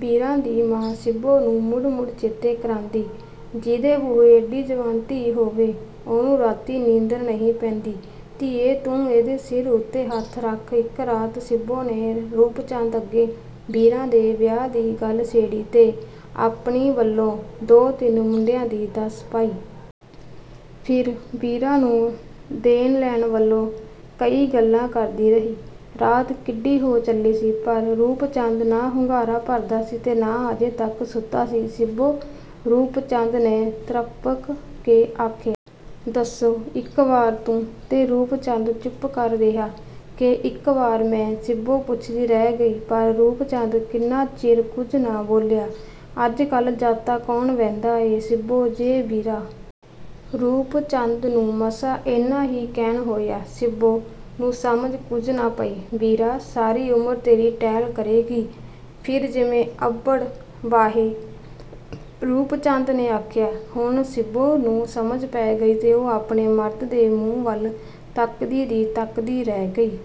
ਵੀਰਾਂ ਦੀ ਮਾਂ ਸ਼ਿੱਬੋ ਨੂੰ ਮੁੜ-ਮੁੜ ਚੇਤੇ ਕਰਾਂਦੀ, “ਜਿਹਦੇ ਬੂਹੇ ਏਡੀ ਜਵਾਨ ਧੀ ਹੋਵੇ, ਉਹਨੂੰ ਰਾਤੀਂ ਨੀਂਦਰ ਨਹੀਂ ਪੈਂਦੀ, ਧੀਏ! ਤੂੰ ਇਹਦੇ ਸਿਰ ਉੱਤੇ ਹੱਥ ਰੱਖ...” ਇੱਕ ਰਾਤ ਸ਼ਿੱਬੋ ਨੇ ਰੂਪ ਚੰਦ ਅੱਗੇ ਵੀਰਾਂ ਦੇ ਵਿਆਹ ਦੀ ਗੱਲ ਛੇੜੀ ਤੇ ਆਪਣੀ ਵੱਲੋਂ ਦੋ-ਤਿੰਨ ਮੁੰਡਿਆਂ ਦੀ ਦੱਸ ਪਾਈ। ਫਿਰ ਵੀਰਾਂ ਨੂੰ ਦੇਣ-ਲੈਣ ਵੱਲੋਂ ਕਈ ਗੱਲਾਂ ਕਰਦੀ ਰਹੀ। ਰਾਤ ਕਿੱਡੀ ਹੋ ਚੱਲੀ ਸੀ, ਪਰ ਰੂਪ ਚੰਦ ਨਾ ਹੁੰਗਾਰਾ ਭਰਦਾ ਸੀ ਤੇ ਨਾ ਅਜੇ ਤੱਕ ਸੁੱਤਾ ਸੀ। “ਸ਼ਿੱਬੋ?” ਰੂਪ ਚੰਦ ਨੇ ਤ੍ਰਭਕ ਕੇ ਆਖਿਆ। “ਦੱਸੋ।” “ਇੱਕ ਵਾਰ ਤੂੰ...” ਤੇ ਰੂਪ ਚੰਦ ਚੁੱਪ ਕਰ ਰਿਹਾ। “ਕੀ ਇੱਕ ਵਾਰ ਮੈਂ...?” ਸ਼ਿੱਬੋ ਪੁੱਛਦੀ ਰਹਿ ਗਈ, ਪਰ ਰੂਪ ਚੰਦ ਕਿੰਨਾ ਚਿਰ ਕੁਝ ਨਾ ਬੋਲਿਆ। “ਅੱਜ-ਕੱਲ੍ਹ ਜਾਤਾਂ ਕੌਣ ਵੇਂਹਦਾ ਏ, ਸ਼ਿੱਬੋ। ਜੇ ਵੀਰਾਂ...” ਰੂਪ ਚੰਦ ਨੂੰ ਮਸਾ ਇੰਨਾ ਹੀ ਕਹਿਣ ਹੋਇਆ। ਸ਼ਿੱਬੋ ਨੂੰ ਸਮਝ ਕੁਝ ਨਾ ਪਈ। ਵੀਰਾਂ ਸਾਰੀ ਉਮਰ ਤੇਰੀ ਟਹਿਲ ਕਰੇਗੀ ਫਿਰ ਜਾਂ ਅੱਬੜ-ਵਾਹੇ ਰੂਪ ਚੰਦ ਨੇ ਆਖਿਆ। ਹੁਣ ਸ਼ਿੱਬੋ ਨੂੰ ਸਮਝ ਪੈ ਗਈ ਤੇ ਉਹ ਆਪਣੇ ਮਰਦ ਦੇ ਮੂੰਹ ਵੱਲ ਤੱਕਦੀ ਦੀ ਤੱਕਦੀ ਰਹਿ ਗਈ।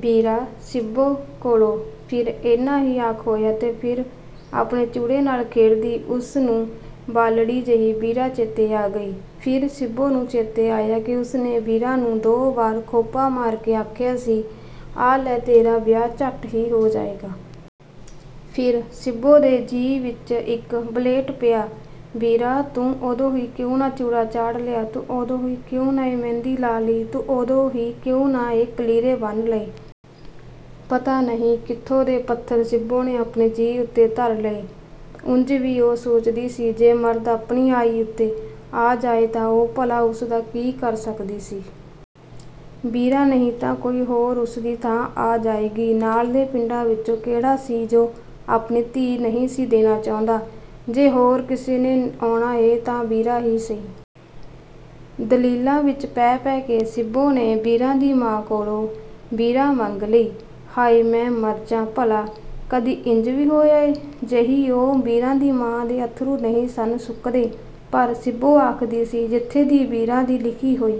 “ਵੀਰਾਂ...” ਸ਼ਿੱਬੋ ਕੋਲੋਂ ਫਿਰ ਇੰਨਾ ਹੀ ਆਖ ਹੋਇਆ ਤੇ ਫਿਰ ਆਪਣੇ ਚੂੜੇ ਨਾਲ ਖੇਡਦੀ ਉਸ ਨੂੰ ਬਾਲੜੀ ਜਿਹੀ ਵੀਰਾਂ ਚੇਤੇ ਆ ਗਈ। ਫਿਰ ਸ਼ਿੱਬੋ ਨੂੰ ਚੇਤੇ ਆਇਆ ਕਿ ਉਸ ਨੇ ਵੀਰਾਂ ਨੂੰ ਦੋ ਵਾਰ ਖੋਪਾ ਮਾਰ ਕੇ ਆਖਿਆ ਸੀ, “ਆਹ ਲੈ, ਤੇਰਾ ਵਿਆਹ ਝੱਟ ਹੀ ਹੋ ਜਾਏਗਾ।” ਫਿਰ ਸ਼ਿੱਬੋ ਦੇ ਜੀਅ ਵਿੱਚ ਇੱਕ ਵਲ੍ਹੇਟ ਪਿਆ। “ਵੀਰਾਂ, ਤੂੰ ਉਦੋਂ ਹੀ ਕਿਉਂ ਨਾ ਚੂੜਾ ਚਾੜ੍ਹ ਲਿਆ... ਤੂੰ ਉਦੋਂ ਹੀ ਕਿਉਂ ਨਾ ਇਹ ਮਹਿੰਦੀ ਲਾ ਲਈ... ਤੂੰ ਉਦੋਂ ਹੀ ਕਿਉਂ ਨਾ ਇਹ ਕਲੀਰੇ ਬੰਨ੍ਹ ਲਏ...” ਪਤਾ ਨਹੀਂ ਕਿੱਥੋਂ ਦੇ ਪੱਥਰ ਸ਼ਿੱਬੋ ਨੇ ਆਪਣੇ ਜੀਅ ਉੱਤੇ ਧਰ ਲਏ। ਉਂਝ ਵੀ ਉਹ ਸੋਚਦੀ ਸੀ, ਜੇ ਮਰਦ ਆਪਣੀ ਆਈ ਉੱਤੇ ਆ ਜਾਏ ਤਾਂ ਉਹ ਭਲਾ ਉਸ ਦਾ ਕੀ ਕਰ ਸਕਦੀ ਸੀ। ਵੀਰਾਂ ਨਹੀਂ ਤਾਂ ਕੋਈ ਹੋਰ ਉਸ ਦੀ ਥਾਂ ਆ ਜਾਏਗੀ। ਨਾਲ ਦੇ ਪਿੰਡਾਂ ਵਿੱਚੋਂ ਕੇਹੜਾ ਸੀ ਜੋ ਆਪਣੀ ਧੀ ਨਹੀਂ ਸੀ ਦੇਣਾ ਚਾਹੁੰਦਾ? “ਜੇ ਹੋਰ ਕਿਸੇ ਨੇ ਆਉਣਾ ਏ ਤਾਂ ਵੀਰਾਂ ਹੀ ਸਹੀ...” ਦਲੀਲਾਂ ਵਿੱਚ ਪੈ-ਪੈ ਕੇ ਸ਼ਿੱਬੋ ਨੇ ਵੀਰਾਂ ਦੀ ਮਾਂ ਕੋਲੋਂ ਵੀਰਾਂ ਮੰਗ ਲਈ। “ਹਾਏ, ਮੈਂ ਮਰ ਜਾਂ... ਭਲਾ ਕਦੀ ਇੰਜ ਵੀ ਹੋਇਆ ਏ... ਜਹੀ ਉਹ...” ਵੀਰਾਂ ਦੀ ਮਾਂ ਦੇ ਅੱਥਰੂ ਨਹੀਂ ਸਨ ਸੁੱਕਦੇ, ਪਰ ਸ਼ਿੱਬੋ ਆਖਦੀ ਸੀ, “ਜਿੱਥੇ ਦੀ ਵੀਰਾਂ ਦੀ ਲਿਖੀ ਹੋਈ...”